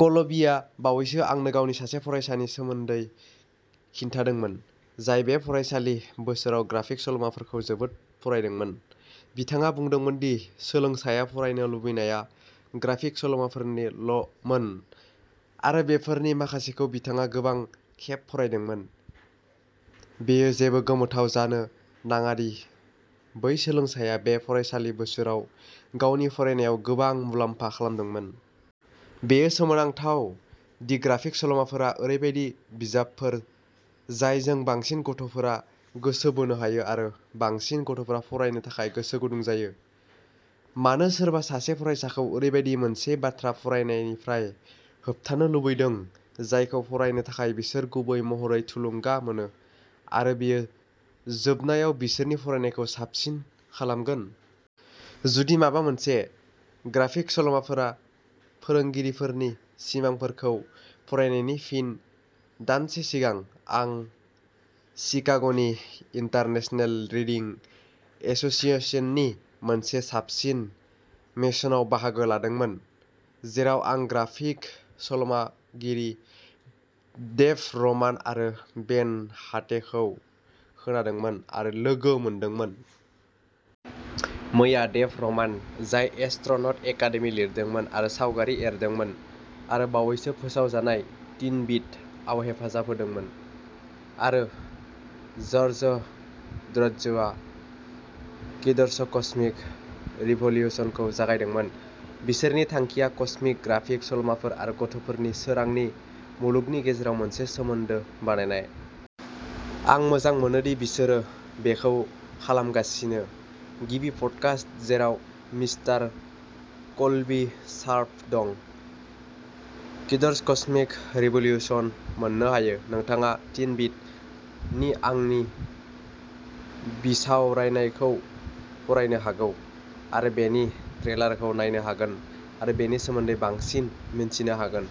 कलबीआ बावैसो आंनो गावनि सासे फरायसानि सोमोन्दै खिन्थादोंमोन जाय बे फरायसालि बोसोराव ग्राफिक सल'माफोरखौ जोबोद फरायदोंमोन। बिथाङा बुंदोंमोन दि सोलोंसाया फरायनो लुबैनाया ग्राफिक सल'माफोरल'मोन आरो बेफोरनि माखासेखौ बिथाङा गोबां खेब फरायदोंमोन। बेयो जेबो गोमोथाव जानो नाङा दि बै सोलोंसाया बे फरायसालि बोसोराव गावनि फरायनायाव गोबां मुलाम्फा खालामदोंमोन। बेयो सोमोनांथाव दि ग्राफिक सल'माफोरा ओरैबायदि बिजाबफोर जायजों बांसिन गथ'फोरा गोसो बोनो हायो आरो बांसिन गथ'फोरा फरायनो थाखाय गोसो गुदुं जायो। मानो सोरबा सासे फरायसाखौ ओरैबायदि मोनसे बाथ्रा फरायनायनिफ्राय होबथानो लुबैदों जायखौ फरायनो थाखाय बिसोर गुबै महरै थुलुंगा मोनो आरो बेयो जोबनायाव बिसोरनि फरायनायखौ साबसिन खालामगोन? जुदि माबा मोनसे, ग्राफिक सल'माफोरा फोरोंगिरिफोरनि सिमांफोरखौ फरायनायनि फिन। दानसे सिगां, आं शिकाग'नि इन्टारनेशनेल रिडिं एस'सिएशननि मोनसे साबसिन सेसनाव बाहागो लादोंमोन, जेराव आं ग्राफिक सल'मागिरि डेभ रमान आरो बेन हाटकेखौ खोनादोंमोन आरो लोगो मोनदोंमोन। मैया, डेभ रमान, जाय एस्ट्र'नट एकादेमि लिरदोंमोन आरो सावगारि एरदोंमोन आरो बावैसो फोसावजानाय टिन बोट! आव हेफाजाब होदोंमोन, आरो जार्जी ड्र'ज्डआ किड्स'कमिक्स रिभ'लिउसनखौ जागायदोंमोन। बिसोरनि थांखिया कमिक्स, ग्राफिक सल'माफोर आरो गथ'फोरनि सोरांनि मुलुगनि गेजेराव मोनसे सोमोन्दो बानायनाय। आं मोजां मोनो दि बिसोरो बेखौ खालामगासिनो! गिबि पडकास्ट, जेराव मिस्टार कल्बी शार्प दं, किड्स'कमिक्स रिभ'लिउसनआव मोन्नो हायो। नोंथाङा टिन बोट! नि आंनि बिसावरायनायखौ फरायनो हागोन! आरो बेनि ट्रेलारखौ नायनो हागोन आरो बेनि सोमोन्दै बांसिन मिथिनो हागोन।